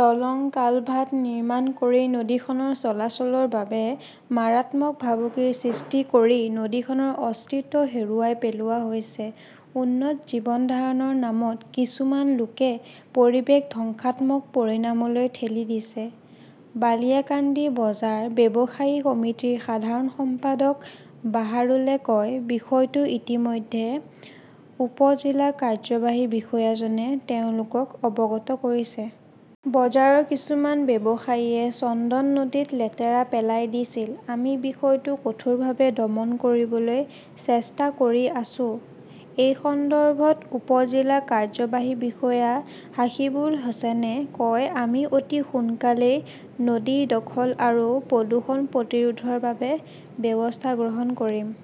দলং-কালভাৰ্ট নিৰ্মাণ কৰি নদীখনৰ চলাচলৰ বাবে মাৰাত্মক ভাবুকিৰ সৃষ্টি কৰি নদীখনৰ অস্তিত্ব হেৰুৱাই পেলোৱা হৈছে। উন্নত জীৱন ধাৰণৰ নামত কিছুমান লোকে পৰিৱেশ ধ্বংসাত্মক পৰিণামলৈ ঠেলি দিছে। বালিয়াকান্দি বজাৰ ব্যৱসায়ী সমিতিৰ সাধাৰণ সম্পাদক বাদৰুলে কয়, বিষয়টো ইতিমধ্যে উপ-জিলা কাৰ্যবাহী বিষয়াজনে তেওঁলোকক অৱগত কৰিছে। বজাৰৰ কিছুমান ব্যৱসায়ীয়ে চন্দন নদীত লেতেৰা পেলাই দিছিল। আমি বিষয়টো কঠোৰভাৱে দমন কৰিবলৈ চেষ্টা কৰি আছো। এই সন্দৰ্ভত উপ-জিলা কাৰ্যবাহী বিষয়া হাসিবুল হাছানে কয়, আমি অতি সোনকালেই নদী দখল আৰু প্ৰদূষণ প্ৰতিৰোধৰ বাবে ব্যৱস্থা গ্ৰহণ কৰিম।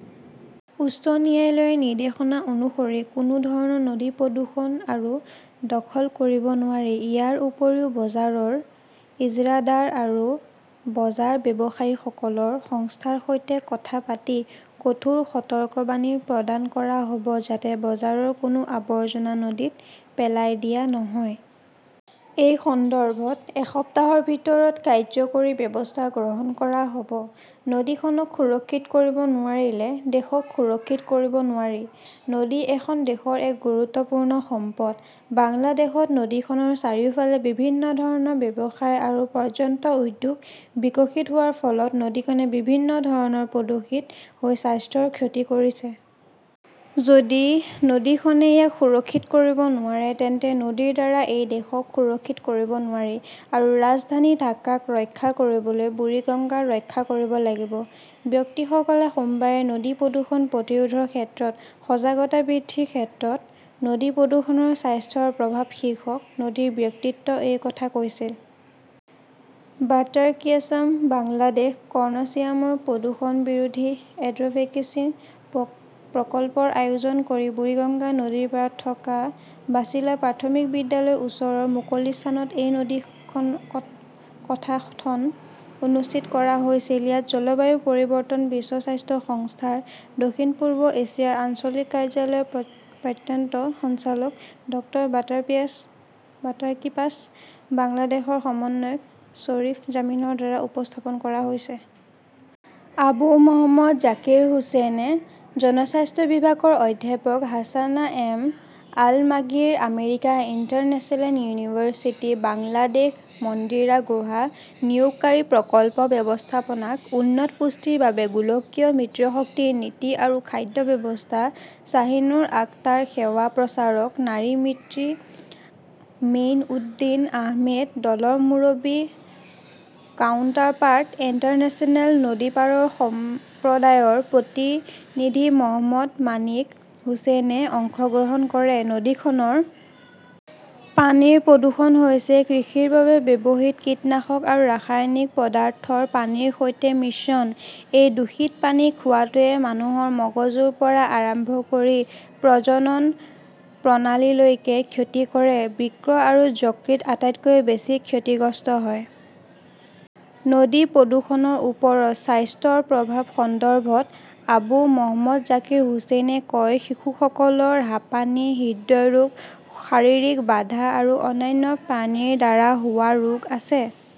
উচ্চ ন্যায়ালয়ৰ নিৰ্দেশনা অনুসৰি কোনো ধৰণৰ নদী প্ৰদূষণ আৰু দখল কৰিব নোৱাৰি। ইয়াৰ উপৰিও বজাৰৰ ইজৰাদাৰ আৰু বজাৰ ব্যৱসায়ীসকলৰ সংস্থাৰ সৈতে কথা পাতি কঠোৰ সতৰ্কবাণী প্ৰদান কৰা হ'ব যাতে বজাৰৰ কোনো আৱৰ্জনা নদীত পেলাই দিয়া নহয়। এই সন্দৰ্ভত এসপ্তাহৰ ভিতৰত কাৰ্যকৰী ব্যৱস্থা গ্ৰহণ কৰা হ'ব। নদীখনক সুৰক্ষিত কৰিব নোৱাৰিলে, দেশক সুৰক্ষিত কৰিব নোৱাৰি নদী এখন দেশৰ এক গুৰুত্বপূৰ্ণ সম্পদ। বাংলাদেশত নদীখনৰ চাৰিওফালে বিভিন্ন ধৰণৰ ব্যৱসায় আৰু পৰ্যটন উদ্যোগ বিকশিত হোৱাৰ ফলত নদীখনে বিভিন্ন ধৰণে প্ৰদূষিত হৈ স্বাস্থ্যৰ ক্ষতি কৰিছে। যদি নদীখনে ইয়াক সুৰক্ষিত কৰিব নোৱাৰে তেন্তে নদীৰ দ্বাৰা এই দেশক সুৰক্ষিত কৰিব নোৱাৰি। আৰু ৰাজধানী ঢাকাক ৰক্ষা কৰিবলৈ বুৰিগংগাক ৰক্ষা কৰিব লাগিব। বক্তাসকলে সোমবাৰে নদী প্ৰদূষণ প্ৰতিৰোধৰ ক্ষেত্ৰত সজাগতা বৃদ্ধিৰ ক্ষেত্ৰত নদী প্ৰদূষণৰ স্বাস্থ্যৰ প্ৰভাৱ শীৰ্ষক নদীৰ বক্তৃতাত এই কথা কৈছিল। ৱাটাৰকিপাৰ্ছ বাংলাদেশ কনচৰ্টিয়ামৰ প্ৰদূষণ বিৰোধী এডভোকেচি প্ৰকল্পৰ আয়োজন কৰি বুৰিগঙ্গা নদীৰ পাৰত থকা বাচিলা প্ৰাথমিক বিদ্যালয়ৰ ওচৰৰ মুকলি স্থানত এই নদীকাথাথন অনুষ্ঠিত কৰা হৈছিল। ইয়াত জলবায়ু পৰিৱৰ্তন, বিশ্ব স্বাস্থ্য সংস্থাৰ দক্ষিণ-পূব এছিয়াৰ আঞ্চলিক কাৰ্যালয়ৰ প্ৰাক্তন সঞ্চালক ডাঃৱাটাৰকীপাৰ্ছ বাংলাদেশৰ সমন্বয়ক শ্বৰীফ জামিলৰ দ্বাৰা উপস্থাপন কৰা হৈছে। আবু মহম্মদ জাকিৰ হোসেন, জনস্বাস্থ্য বিভাগৰ অধ্যাপক Hasanat M. Alamgir, American International University Bangladesh, Mandira Guha নিয়োগকাৰী, প্ৰকল্প ব্যৱস্থাপক, উন্নত পুষ্টিৰ বাবে গোলকীয় মিত্ৰশক্তিৰ নীতি আৰু খাদ্য ব্যৱস্থা, শ্বাহিনূৰ আখতাৰ, সেৱা প্ৰচাৰক, নাৰী মিত্ৰী, মেইনউদ্দিন আহমেদ, দলৰ মুৰব্বী, কাউণ্টাৰপাৰ্ট ইণ্টাৰনেশ্যনেল, নদীপাৰৰ সম্প্ৰদায়ৰ প্ৰতিনিধি মহম্মদ মাণিক হুসেনে অংশগ্ৰহণ কৰে। নদীখনৰ পানীৰ প্ৰদূষণ হৈছে কৃষিৰ বাবে ব্যৱহৃত কীটনাশক আৰু ৰাসায়নিক পদাৰ্থৰ পানীৰ সৈতে মিশ্ৰণ। এই দূষিত পানী খোৱাটোৱে মানুহৰ মগজুৰ পৰা আৰম্ভ কৰি প্ৰজনন প্ৰণালীলৈকে ক্ষতি কৰে। বৃক্ক আৰু যকৃত আটাইতকৈ বেছি ক্ষতিগ্ৰস্ত হয়। নদীৰ প্ৰদূষণৰ ওপৰত স্বাস্থ্যৰ প্ৰভাৱৰ সন্দৰ্ভত। আবু মহম্মদ জাকিৰ হুচেইনে কয়, শিশুসকলৰ হাপানী, হৃদৰোগ, শাৰীৰিক বাধা আৰু অন্যান্য পানীৰ দ্বাৰা হোৱা ৰোগ আছে।